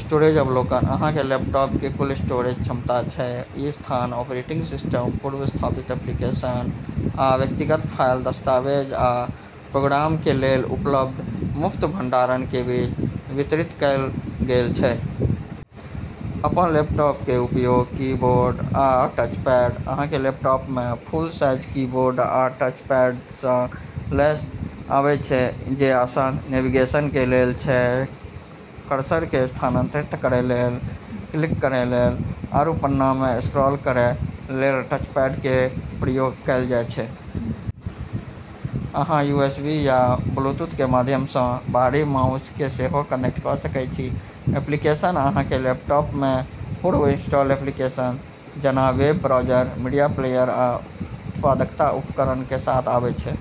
स्टोरोज अवलोकन: अहाँ के लैपटॉप के कुल स्टोरेज क्षमता छै। ई स्थान ऑपरेटिंग सिस्टम, पूर्व-स्थापित एप्लीकेशन, आ व्यक्तिगत फाइल, दस्तावेज आ प्रोग्राम के लेल उपलब्ध मुफ्त भंडारण के बीच वितरित कएल गेल छै। अपन लैपटॉप के उपयोग:- कीबोर्ड आ टचपैड: अहाँ के लैपटॉप में फुल साइज कीबोर्ड आ टचपैड सँ लैस आबै छै जे आसान नेविगेशन के लेल छै। कर्सर के स्थानांतरित करै लेल, क्लिक करै लेल आरू पन्ना में स्क्रॉल करै लेल टचपैड के प्रयोग कएल जाय छै। अहाँ यूएसबी या ब्लूटूथ के माध्यम सँ बाहरी माउस के सेहो कनेक्ट क' सकय छी। एप्लीकेशन: अहाँ के लैपटॉप में पूर्व-इंस्टॉल एप्लीकेशन जेना वेब ब्राउज़र, मीडिया प्लेयर, आ उत्पादकता उपकरण के साथ आबै छै।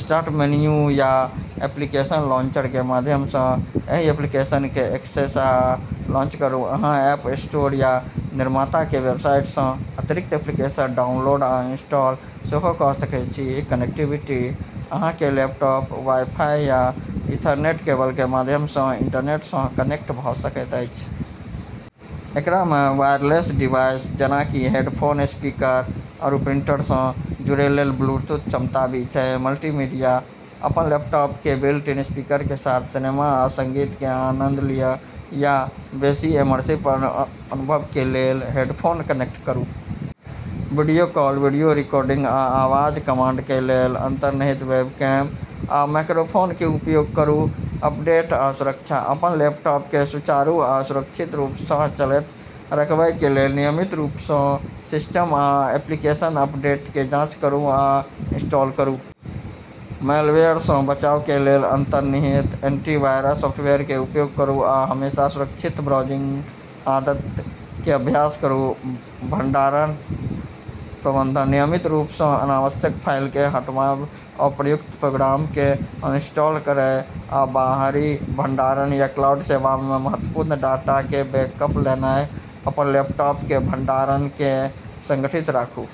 स्टार्ट मेनू या एप्लीकेशन लांचर के माध्यम सँ एहि एप्लीकेशन के एक्सेस आ लॉन्च करूँ। अहाँ ऐप स्टोर या निर्माता के वेबसाइट सँ अतिरिक्त एप्लीकेशन डाउनलोड आ इंस्टॉल सेहो क' सकैत छी। कनेक्टिविटी: अहाँ के लैपटॉप वाई-फाई या ईथरनेट केबल के माध्यम सँ इंटरनेट सँ कनेक्ट भऽ सकैत अछि। एकरा में वायरलेस डिवाइस जेना कि हेडफोन, स्पीकर, आरू प्रिंटर सँ जुड़ै लेल ब्लूटूथ क्षमता भी छै। मल्टीमीडिया: अपन लैपटॉप के बिल्ट-इन स्पीकर के साथ सिनेमा आ संगीत के आनंद लिय, या बेसी इमर्सिव अनुभव के लेल हेडफोन कनेक्ट करू। वीडियो कॉल, वीडियो रिकॉर्डिंग, आ आवाज कमांड के लेल अंतर्निहित वेबकैम आ माइक्रोफोन के उपयोग करू। अपडेट आ सुरक्षा: अपन लैपटॉप के सुचारू आ सुरक्षित रूप सँ चलैत रखबय के लेल नियमित रूप सँ सिस्टम आ एप्लीकेशन अपडेट के जांच करू आ इंस्टॉल करू। मैलवेयर सँ बचाव के लेल अंतर्निहित एंटीवायरस सॉफ्टवेयर के उपयोग करू, आ हमेशा सुरक्षित ब्राउजिंग आदत के अभ्यास करू। भंडारण प्रबंधन: नियमित रूप सँ अनावश्यक फाइल के हटावय, अप्रयुक्त प्रोग्राम के अनइंस्टॉल करय, आ बाहरी भंडारण या क्लाउड सेवा में महत्वपूर्ण डाटा के बैकअप लेनाय, अपन लैपटॉप के भंडारण के संगठित राखूँ।